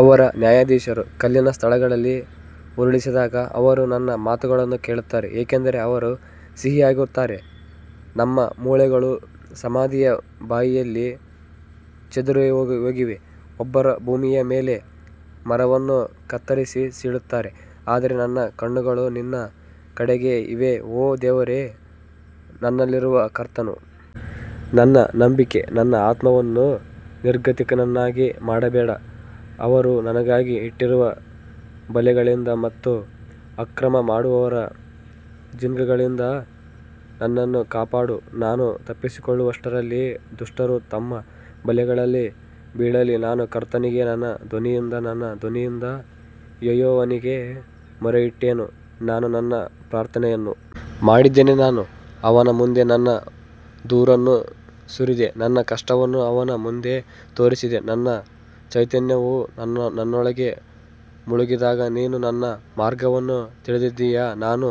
ಅವರ ನ್ಯಾಯಾಧೀಶರು ಕಲ್ಲಿನ ಸ್ಥಳಗಳಲ್ಲಿ ಉರುಳಿಸಿದಾಗ ಅವರು ನನ್ನ ಮಾತುಗಳನ್ನು ಕೇಳುತ್ತಾರೆ ಏಕೆಂದರೆ ಅವರು ಸಿಹಿಯಾಗಿರುತ್ತಾರೆ ನಮ್ಮ ಮೂಳೆಗಳು ಸಮಾಧಿಯ ಬಾಯಿಯಲ್ಲಿ ಚದುರಿಹೋಗಿವೆ, ಒಬ್ಬರು ಭೂಮಿಯ ಮೇಲೆ ಮರವನ್ನು ಕತ್ತರಿಸಿ ಸೀಳುತ್ತಾರೆ. ಆದರೆ ನನ್ನ ಕಣ್ಣುಗಳು ನಿನ್ನ ಕಡೆಗೆ ಇವೆ ಓ ದೇವರೇ, ನಿನ್ನಲ್ಲಿರುವ ಕರ್ತನು ನನ್ನ ನಂಬಿಕೆ ನನ್ನ ಆತ್ಮವನ್ನು ನಿರ್ಗತಿಕನನ್ನಾಗಿ ಮಾಡಬೇಡ ಅವರು ನನಗಾಗಿ ಇಟ್ಟಿರುವ ಬಲೆಗಳಿಂದ ಮತ್ತು ಅಕ್ರಮ ಮಾಡುವವರ ಜಿನ್ಗಳಿಂದ ನನ್ನನ್ನು ಕಾಪಾಡು ನಾನು ತಪ್ಪಿಸಿಕೊಳ್ಳುವಷ್ಟರಲ್ಲಿ ದುಷ್ಟರು ತಮ್ಮ ಬಲೆಗಳಲ್ಲಿ ಬೀಳಲಿ ನಾನು ಕರ್ತನಿಗೆ ನನ್ನ ಧ್ವನಿಯಿಂದ ನನ್ನ ಧ್ವನಿಯಿಂದ ಯೆಹೋವನಿಗೆ ಮೊರೆಯಿಟ್ಟೆನು ನಾನು ನನ್ನ ಪ್ರಾರ್ಥನೆಯನ್ನು ಮಾಡಿದ್ದೇನೆ ನಾನು ಅವನ ಮುಂದೆ ನನ್ನ ದೂರನ್ನು ಸುರಿದೆ, ನನ್ನ ಕಷ್ಟವನ್ನು ಅವನ ಮುಂದೆ ತೋರಿಸಿದೆ ನನ್ನ ಚೈತನ್ಯವು ನನ್ನೊಳಗೆ ಮುಳುಗಿದಾಗ ನೀನು ನನ್ನ ಮಾರ್ಗವನ್ನು ತಿಳಿದಿದ್ದೀಯಾ ನಾನು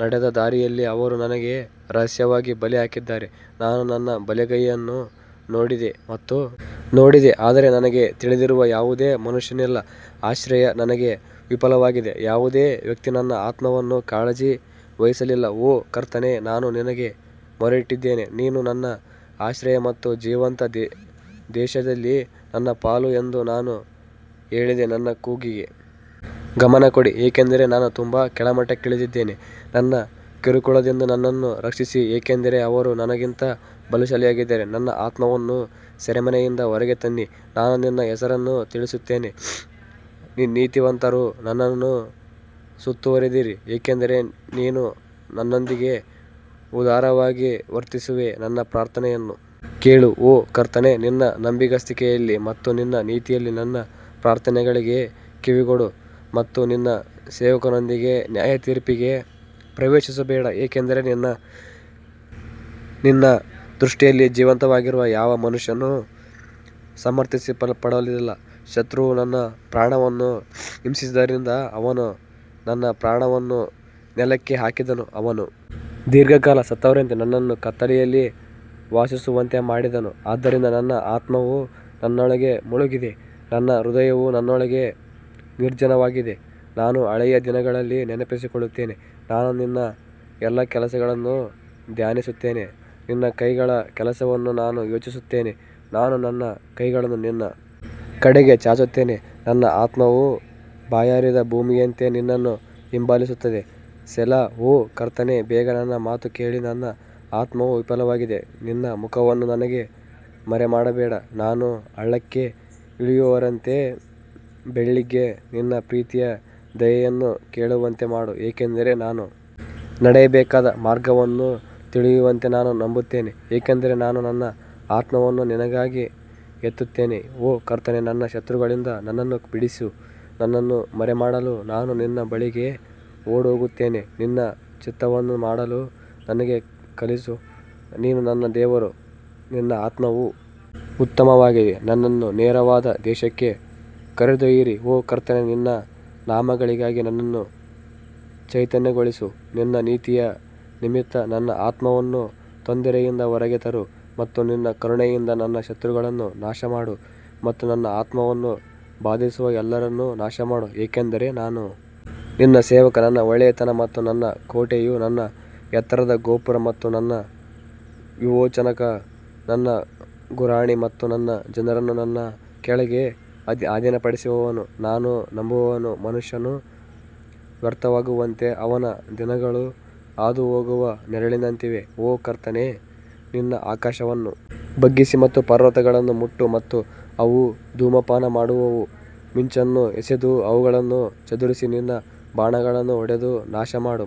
ನಡೆದ ದಾರಿಯಲ್ಲಿ ಅವರು ನನಗೆ ರಹಸ್ಯವಾಗಿ ಬಲೆ ಹಾಕಿದ್ದಾರೆ ನಾನು ನನ್ನ ಬಲಗೈಯನ್ನು ನೋಡಿದೆ ಮತ್ತು ನೋಡಿದೆ ಆದರೆ ನನಗೆ ತಿಳಿದಿರುವ ಯಾವುದೇ ಮನುಷ್ಯನಿಲ್ಲ ಆಶ್ರಯ ನನಗೆ ವಿಫಲವಾಗಿದೆ ಯಾವುದೇ ವ್ಯಕ್ತಿ ನನ್ನ ಆತ್ಮವನ್ನು ಕಾಳಜಿ ವಹಿಸಲಿಲ್ಲ ಓ ಕರ್ತನೇ ನಾನು ನಿನಗೆ ಮೊರೆಯಿಟ್ಟಿದ್ದೇನೆ, ನೀನು ನನ್ನ ಆಶ್ರಯ ಮತ್ತು ಜೀವಂತ ದೇಶದಲ್ಲಿ ನನ್ನ ಪಾಲು ಎಂದು ನಾನು ಹೇಳಿದೆ ನನ್ನ ಕೂಗಿಗೆ ಗಮನ ಕೊಡಿ, ಏಕೆಂದರೆ ನಾನು ತುಂಬಾ ಕೆಳಮಟ್ಟಕ್ಕಿಳಿದಿದ್ದೇನೆ, ನನ್ನ ಕಿರುಕುಳದಿಂದ ನನ್ನನ್ನು ರಕ್ಷಿಸಿ ಏಕೆಂದರೆ ಅವರು ನನಗಿಂತ ಬಲಶಾಲಿಯಾಗಿದ್ದಾರೆ ನನ್ನ ಆತ್ಮವನ್ನು ಸೆರೆಮನೆಯಿಂದ ಹೊರಗೆ ತನ್ನಿ, ನಾನು ನಿನ್ನ ಹೆಸರನ್ನು ಸ್ತುತಿಸುತ್ತೇನೆ, ನೀತಿವಂತರು ನನ್ನನ್ನು ಸುತ್ತುವರಿದಿರಿ ಏಕೆಂದರೆ ನೀನು ನನ್ನೊಂದಿಗೆ ಉದಾರವಾಗಿ ವರ್ತಿಸುವೆ ನನ್ನ ಪ್ರಾರ್ಥನೆಯನ್ನು ಕೇಳು ಓ ಕರ್ತನೇ ನಿನ್ನ ನಂಬಿಗಸ್ತಿಕೆಯಲ್ಲಿ ಮತ್ತು ನಿನ್ನ ನೀತಿಯಲ್ಲಿ ನನ್ನ ಪ್ರಾರ್ಥನೆಗಳಿಗೆ ಕಿವಿಗೊಡು ಮತ್ತು ನಿನ್ನ ಸೇವಕನೊಂದಿಗೆ ನ್ಯಾಯತೀರ್ಪಿಗೆ ಪ್ರವೇಶಿಸಬೇಡ ಏಕೆಂದರೆ ನಿನ್ನ ದೃಷ್ಟಿಯಲ್ಲಿ ಜೀವಂತವಾಗಿರುವ ಯಾವ ಮನುಷ್ಯನೂ ಸಮರ್ಥಿಸಲ್ಪಡುವುದಿಲ್ಲ ಶತ್ರುವು ನನ್ನ ಪ್ರಾಣವನ್ನು ಹಿಂಸಿಸಿದ್ದರಿಂದ ಅವನು ನನ್ನ ಪ್ರಾಣವನ್ನು ನೆಲಕ್ಕೆ ಹಾಕಿದನು, ಅವನು ದೀರ್ಘಕಾಲ ಸತ್ತವರಂತೆ ನನ್ನನ್ನು ಕತ್ತಲೆಯಲ್ಲಿ ವಾಸಿಸುವಂತೆ ಮಾಡಿದನು ಆದ್ದರಿಂದ ನನ್ನ ಆತ್ಮವು ನನ್ನೊಳಗೆ ಮುಳುಗಿದೆ, ನನ್ನ ಹೃದಯವು ನನ್ನೊಳಗೆ ನಿರ್ಜನವಾಗಿದೆ ನಾನು ಹಳೆಯ ದಿನಗಳನ್ನು ನೆನಪಿಸಿಕೊಳ್ಳುತ್ತೇನೆ, ನಾನು ನಿನ್ನ ಎಲ್ಲಾ ಕೆಲಸಗಳನ್ನು ಧ್ಯಾನಿಸುತ್ತೇನೆ, ನಿನ್ನ ಕೈಗಳ ಕೆಲಸವನ್ನು ನಾನು ಯೋಚಿಸುತ್ತೇನೆ ನಾನು ನನ್ನ ಕೈಗಳನ್ನು ನಿನ್ನ ಕಡೆಗೆ ಚಾಚುತ್ತೇನೆ ನನ್ನ ಆತ್ಮವು ಬಾಯಾರಿದ ಭೂಮಿಯಂತೆ ನಿನ್ನನ್ನು ಹಿಂಬಾಲಿಸುತ್ತದೆ ಸೆಲಾ ಓ ಕರ್ತನೇ ಬೇಗ ನನ್ನ ಮಾತು ಕೇಳು ನನ್ನ ಆತ್ಮವು ವಿಫಲವಾಗಿದೆ ನಿನ್ನ ಮುಖವನ್ನು ನನಗೆ ಮರೆಮಾಡಬೇಡ ನಾನು ಹಳ್ಳಕ್ಕೆ ಇಳಿಯುವವರಂತೆ ಬೆಳಿಗ್ಗೆ ನಿನ್ನ ಪ್ರೀತಿಯ ದಯೆಯನ್ನು ಕೇಳುವಂತೆ ಮಾಡು, ಏಕೆಂದರೆ ನಾನು ನಡೆಯಬೇಕಾದ ಮಾರ್ಗವನ್ನು ತಿಳಿಯುವಂತೆ ನಾನು ನಂಬುತ್ತೇನೆ, ಏಕೆಂದರೆ ನಾನು ನನ್ನ ಆತ್ಮವನ್ನು ನಿನಗಾಗಿ ಎತ್ತುತ್ತೇನೆ ಓ ಕರ್ತನೇ ನನ್ನ ಶತ್ರುಗಳಿಂದ ನನ್ನನ್ನು ಬಿಡಿಸು, ನನ್ನನ್ನು ಮರೆಮಾಡಲು ನಾನು ನಿನ್ನ ಬಳಿಗೆ ಓಡಿಹೋಗುತ್ತೇನೆ ನಿನ್ನ ಚಿತ್ತವನ್ನು ಮಾಡಲು ನನಗೆ ಕಲಿಸು, ನೀನು ನನ್ನ ದೇವರು, ನಿನ್ನ ಆತ್ಮವು ಉತ್ತಮವಾಗಿದೆ ನನ್ನನ್ನು ನೇರವಾದ ದೇಶಕ್ಕೆ ಕರೆದೊಯ್ಯಿರಿ ಓ ಕರ್ತನೇ ನಿನ್ನ ನಾಮಗಳಿಗಾಗಿ ನನ್ನನ್ನು ಚೈತನ್ಯಗೊಳಿಸು ನಿನ್ನ ನೀತಿಯ ನಿಮಿತ್ತ ನನ್ನ ಆತ್ಮವನ್ನು ತೊಂದರೆಯಿಂದ ಹೊರಗೆ ತರು ಮತ್ತು ನಿನ್ನ ಕರುಣೆಯಿಂದ ನನ್ನ ಶತ್ರುಗಳನ್ನು ನಾಶಮಾಡು ಮತ್ತು ನನ್ನ ಆತ್ಮವನ್ನು ಬಾಧಿಸುವ ಎಲ್ಲರನ್ನು ನಾಶಮಾಡು, ಏಕೆಂದರೆ ನಾನು ನಿನ್ನ ಸೇವಕ ನನ್ನ ಒಳ್ಳೆಯತನ ಮತ್ತು ನನ್ನ ಕೋಟೆಯು ನನ್ನ ಎತ್ತರದ ಗೋಪುರ ಮತ್ತು ನನ್ನ ವಿಮೋಚಕನು ನನ್ನ ಗುರಾಣಿ ಮತ್ತು ನನ್ನ ಜನರನ್ನು ನನ್ನ ಕೆಳಗೆ ಅಧೀನಪಡಿಸುವವನನ್ನು ನಾನು ನಂಬುವವನು ಮನುಷ್ಯನು ವ್ಯರ್ಥವಾಗುವಂತೆ ಅವನ ದಿನಗಳು ಹಾದುಹೋಗುವ ನೆರಳಿನಂತಿವೆ ಓ ಕರ್ತನೇ ನಿನ್ನ ಆಕಾಶವನ್ನು ಬಗ್ಗಿಸಿ ಮತ್ತು ಪರ್ವತಗಳನ್ನು ಮುಟ್ಟು ಮತ್ತು ಅವು ಧೂಮಪಾನ ಮಾಡುವವು ಮಿಂಚನ್ನು ಎಸೆದು ಅವುಗಳನ್ನು ಚದುರಿಸಿ ನಿನ್ನ ಬಾಣಗಳನ್ನು ಹೊಡೆದು ನಾಶಮಾಡು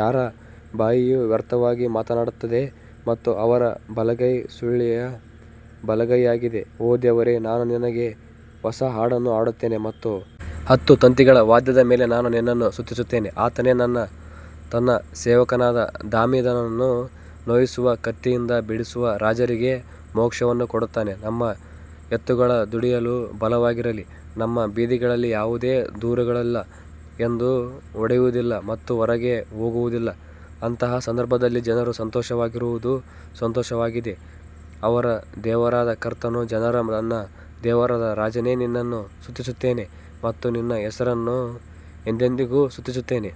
ಯಾರ ಬಾಯಿಯು ವ್ಯರ್ಥವಾಗಿ ಮಾತನಾಡುತ್ತದೆ ಮತ್ತು ಅವರ ಬಲಗೈ ಸುಳ್ಳಿನ ಬಲಗೈಯಾಗಿದೆ ಓ ದೇವರೇ, ನಾನು ನಿನಗೆ ಹೊಸ ಹಾಡನ್ನು ಹಾಡುತ್ತೇನೆ ಮತ್ತು ಹತ್ತು ತಂತಿಗಳ ವಾದ್ಯದ ಮೇಲೆ ನಾನು ನಿನ್ನನ್ನು ಸ್ತುತಿಸುತ್ತೇನೆ ಆತನೇ ತನ್ನ ಸೇವಕನಾದ ದಾವೀದನನ್ನು ನೋಯಿಸುವ ಕತ್ತಿಯಿಂದ ಬಿಡಿಸುವ ರಾಜರಿಗೆ ಮೋಕ್ಷವನ್ನು ಕೊಡುತ್ತಾನೆ ನಮ್ಮ ಎತ್ತುಗಳು ದುಡಿಯಲು ಬಲವಾಗಿರಲಿ, ನಮ್ಮ ಬೀದಿಗಳಲ್ಲಿ ಯಾವುದೇ ದೂರುಗಳಿಲ್ಲ ಎಂದು ಒಡೆಯುವುದಿಲ್ಲ ಮತ್ತು ಹೊರಗೆ ಹೋಗುವುದಿಲ್ಲ ಅಂತಹ ಸಂದರ್ಭದಲ್ಲಿ ಜನರು ಸಂತೋಷವಾಗಿರುವುದು ಸಂತೋಷವಾಗಿದೆ, ಅವರ ದೇವರಾದ ಕರ್ತನ ಜನರು ನನ್ನ ದೇವರಾದ ರಾಜನೇ ನಿನ್ನನ್ನು ಸ್ತುತಿಸುತ್ತೇನೆ ಮತ್ತು ನಿನ್ನ ಹೆಸರನ್ನು ಎಂದೆಂದಿಗೂ ಸ್ತುತಿಸುತ್ತೇನೆ.